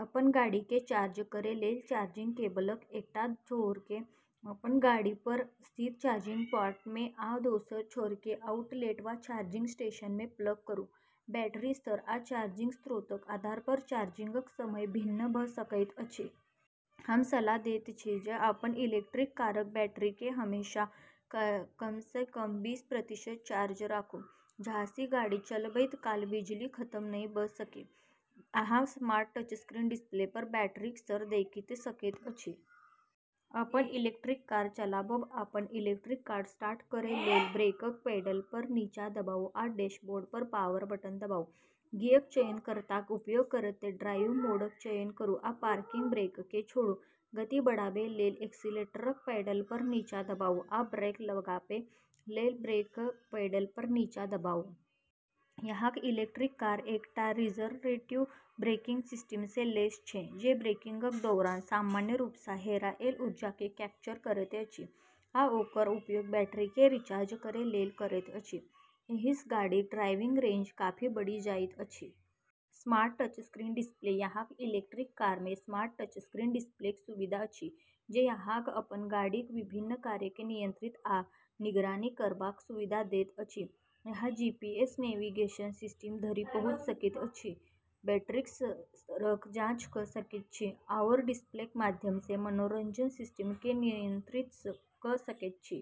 अपन गाड़ीकेँ चार्ज करै लेल चार्जिंग केबलक एकटा छोरकेँ अपन गाड़ीपर स्थित चार्जिंग पोर्टमे आ दोसर छोरकेँ आउटलेट वा चार्जिंग स्टेशनमे प्लग करू। बैटरी स्तर आ चार्जिंग स्रोतक आधारपर चार्जिंगक समय भिन्न भऽ सकैत अछि। हम सलाह दैत छी जे अपन इलेक्ट्रिक कारक बैटरीकेँ हमेशा कमसँ कम बीस प्रतिशत चार्ज राखू, जाहिसँ गाड़ी चलबैत काल बिजली खतम नहि भऽ सकै। अहाँ स्मार्ट टचस्क्रीन डिस्प्लेपर बैटरीक स्तर देखि सकैत छी। अपन इलेक्ट्रिक कार चलाबब अपन इलेक्ट्रिक कार स्टार्ट करै लेल ब्रेकक पैडलपर नीचा दबाउ आ डैशबोर्डपर पावर बटन दबाउ। गियर चयनकर्ताक उपयोग करैत ड्राइव मोडक चयन करू आ पार्किंग ब्रेककेँ छोड़ू। गति बढ़ाबै लेल एक्सीलेटरक पैडलपर नीचा दबाउ, आ ब्रेक लगाबै लेल ब्रेकक पैडलपर नीचा दबाउ। अहाँक इलेक्ट्रिक कार एकटा रिजनरेटिव ब्रेकिंग सिस्टमसँ लैस छै, जे ब्रेकिंगक दौरान सामान्य रूपसँ हेराएल ऊर्जाकेँ कैप्चर करैत अछि आ ओकर उपयोग बैटरीकेँ रिचार्ज करै लेल करैत अछि। एहिसँ गाड़ीक ड्राइविंग रेंज काफी बढ़ि जाइत अछि। स्मार्ट टचस्क्रीन डिस्प्ले अहाँक इलेक्ट्रिक कारमे स्मार्ट टचस्क्रीन डिस्प्लेक सुविधा अछि जे अहाँकेँ अपन गाड़ीक विभिन्न कार्यकेँ नियंत्रित आ निगरानी करबाक सुविधा दैत अछि। अहाँ जीपीएस नेविगेशन सिस्टम धरि पहुँचि सकैत छी, बैटरीक स्तरक जाँच कऽ सकैत छी, आओर डिस्प्लेक माध्यमसँ मनोरंजन सिस्टमकेँ नियंत्रित कऽ सकैत छी।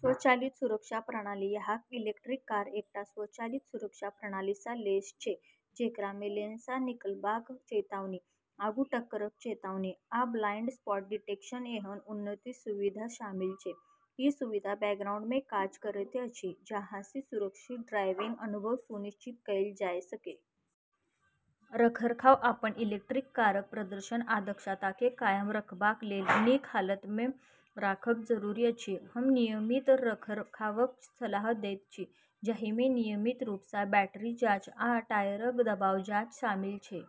स्वचालित सुरक्षा प्रणाली अहाँक इलेक्ट्रिक कार एकटा स्वचालित सुरक्षा प्रणालीसँ लैस छै जेकरामे लेनसँ निकलबाक चेतावनी, आगूँ टक्करक चेतावनी, आ ब्लाइंड स्पॉट डिटेक्शन एहन उन्नत सुविधा शामिल छै। ई सुविधा बैकग्राउंडमे काज करैत अछि जाहिसँ सुरक्षित ड्राइविंग अनुभव सुनिश्चित कएल जा सकै। रखरखाव अपन इलेक्ट्रिक कारक प्रदर्शन आ दक्षताकेँ कायम रखबाक लेल नीक हालतमे राखब जरूरी अछि। हम नियमित रखरखावक सलाह दैत छी, जाहिमे नियमित रूपसँ बैटरी जाँच आ टायरक दबाव जाँच शामिल छै।